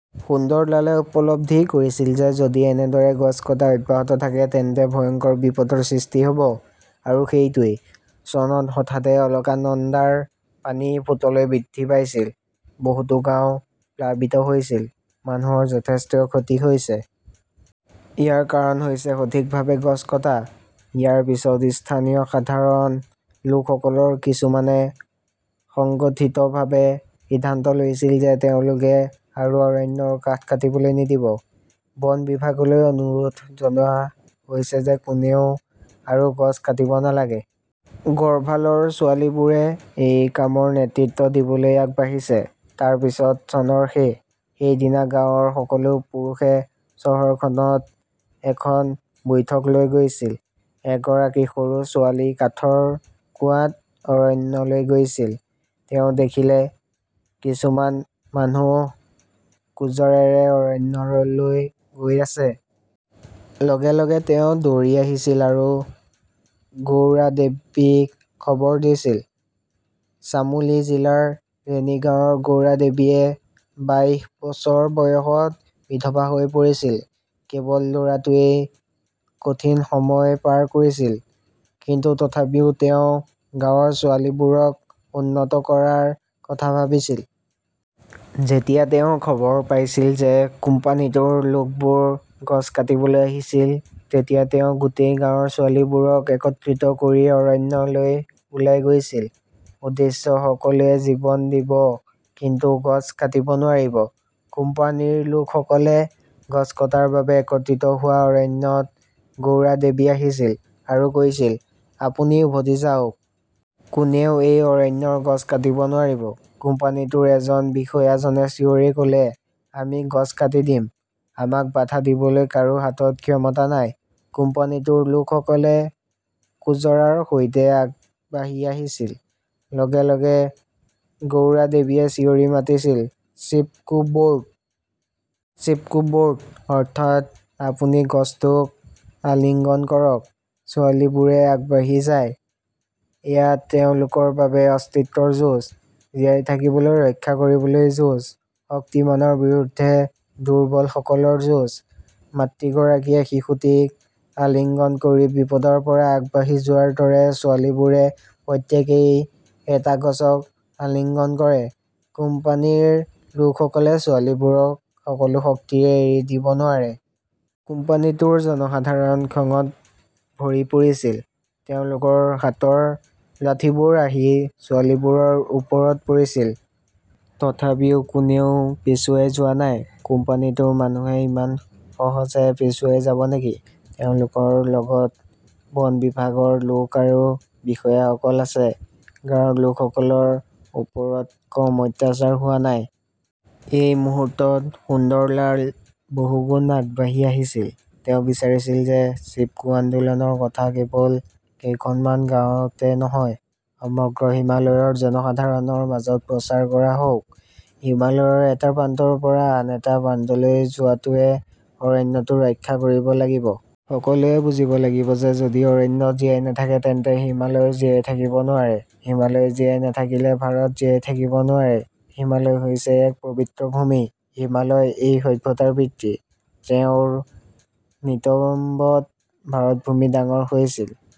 সুন্দৰলালে উপলব্ধি কৰিছিল যে যদি এনেদৰে গছ কটা অব্যাহত থাকে, তেন্তে ভয়ংকৰ বিপদৰ সৃষ্টি হ 'ব। আৰু সেইটোৱেই। চনত হঠাতে অলকানন্দাৰ পানী ফুটলৈ বৃদ্ধি পাইছিল। বহুতো গাঁও প্লাবিত হৈছিল। মানুহৰ যথেষ্ট ক্ষতি হৈছে। ইয়াৰ কাৰণ হৈছে সঠিকভাৱে গছ কটা। ইয়াৰ পিছত স্থানীয় সাধাৰণ লোকসকলৰ কিছুমানে সংগঠিতভাৱে সিদ্ধান্ত লৈছিল যে তেওঁলোকে আৰু অৰণ্যৰ কাঠ কাটিবলৈ নিদিব। বন বিভাগলৈ অনুৰোধ জনোৱা হৈছে যে কোনেও আৰু গছ কাটিব নালাগে। গৰ্ভালৰ ছোৱালীবোৰে এই কামৰ নেতৃত্ব দিবলৈ আগবাঢ়িছে। তাৰ পিছত চনৰ শেষ। সেইদিনা গাঁৱৰ সকলো পুৰুষে চহৰখনত এখন বৈঠকলৈ গৈছিল। এগৰাকী সৰু ছোৱালী কাঠৰ কুঁৱাত অৰণ্যলৈ গৈছিল। তেওঁ দেখিলে কিছুমান মানুহ কুঁজৰেৰে অৰণ্যলৈ গৈ আছে। লগে - লগে তেওঁ দৌৰি আহিছিল আৰু গৌৰা দেৱীক খবৰ দিছিল। চামোলি জিলাৰ ৰেনী গাঁৱৰ গৌৰা দেৱীয়ে বাইশ বছৰ বয়সত বিধৱা হৈ পৰিছিল। কেৱল ল'ৰাটোৱেই কঠিন সময় পাৰ কৰিছিল, কিন্তু তথাপিও তেওঁ গাঁৱৰ ছোৱালীবোৰক উন্নত কৰাৰ কথা ভাবিছিল। যেতিয়া তেওঁ খবৰ পাইছিল যে কোম্পানীটোৰ লোকবোৰ গছ কাটিবলৈ আহিছিল, তেতিয়া তেওঁ গোটেই গাঁৱৰ ছোৱালীবোৰক একত্ৰিত কৰি অৰণ্যলৈ ওলাই গৈছিল। উদ্দেশ্য সকলোৱে জীৱন দিব কিন্তু গছ কাটিব নোৱাৰিব। কোম্পানীৰ লোকসকলে গছ কটাৰ বাবে একত্ৰিত হোৱা অৰণ্যত গৌৰা দেৱী আহিছিল আৰু কৈছিল, আপুনি উভতি যাওক। কোনেও এই অৰণ্যৰ গছ কাটিব নোৱাৰিব। কোম্পানীটোৰ এজন বিষয়াজনে চিঞৰি ক'লে আমি গছ কাটি দিম। আমাক বাধা দিবলৈ কাৰো হাতত ক্ষমতা নাই। কোম্পানীটোৰ লোকসকলে কুঁজৰাৰ সৈতে আগবাঢ়ি আহিছিল। লগে লগে গৌৰাদেৱীয়ে চিঞৰি মাতিছিল-চিপ কো বৰ্ড। চিপ কো বৰ্ড। অৰ্থাৎ, আপুনি গছটোক আলিঙ্গন কৰক। ছোৱালীবোৰে আগবাঢ়ি যায়। এয়া তেওঁলোকৰ বাবে অস্তিত্বৰ যুঁজ। জীয়াই থাকিবলৈ, ৰক্ষা কৰিবলৈ যুঁজ। শক্তিমানৰ বিৰুদ্ধে দুৰ্বলসকলৰ যুঁজ। মাতৃগৰাকীয়ে শিশুটিক আলিঙ্গন কৰি বিপদৰ পৰা আগবাঢ়ি যোৱাৰ দৰে, ছোৱালীবোৰে প্ৰত্যেকেই এটা গছক আলিঙ্গন কৰে, কোম্পানীৰ লোকসকলে ছোৱালীবোৰক সকলো শক্তিৰে এৰি দিব নোৱাৰে। কোম্পানীটোৰ জনসাধাৰণ খঙত ভৰি পৰিছিল। তেওঁলোকৰ হাতৰ লাঠিবোৰ আহি ছোৱালীবোৰৰ ওপৰত পৰিছিল। তথাপিও কোনেও পিছুৱাই যোৱা নাই। কোম্পানীটোৰ মানুহে ইমান সহজে পিছুৱাই যাব নেকি? তেওঁলোকৰ লগত বন বিভাগৰ লোক আৰু বিষয়াসকল আছে। গাঁৱৰ লোকসকলৰ ওপৰত কম অত্যাচাৰ হোৱা নাই। এই মুহূৰ্তত সুন্দৰলাল বহুগুণ আগবাঢ়ি আহিছিল। তেওঁ বিচাৰিছিল যে চিপকো আন্দোলনৰ কথা কেৱল কেইখনমান গাঁৱতে নহয়, সমগ্ৰ হিমালয়ৰ জনসাধাৰণৰ মাজত প্ৰচাৰ কৰা হওক। হিমালয়ৰ এটা প্ৰান্তৰ পৰা আন এটা প্ৰান্তলৈ যোৱাটোৱে অৰণ্যটো ৰক্ষা কৰিব লাগিব। সকলোৱে বুজিব লাগিব যে যদি অৰণ্য জীয়াই নাথাকে তেন্তে হিমালয় জীয়াই থাকিব নোৱাৰে। হিমালয় জীয়াই নাথাকিলে ভাৰত জীয়াই থাকিব নোৱাৰে। হিমালয় হৈছে এক পবিত্ৰ ভূমি। হিমালয় এই সভ্যতাৰ পিতৃ। তেওঁৰ নিতম্বত ভাৰতভূমি ডাঙৰ হৈছিল।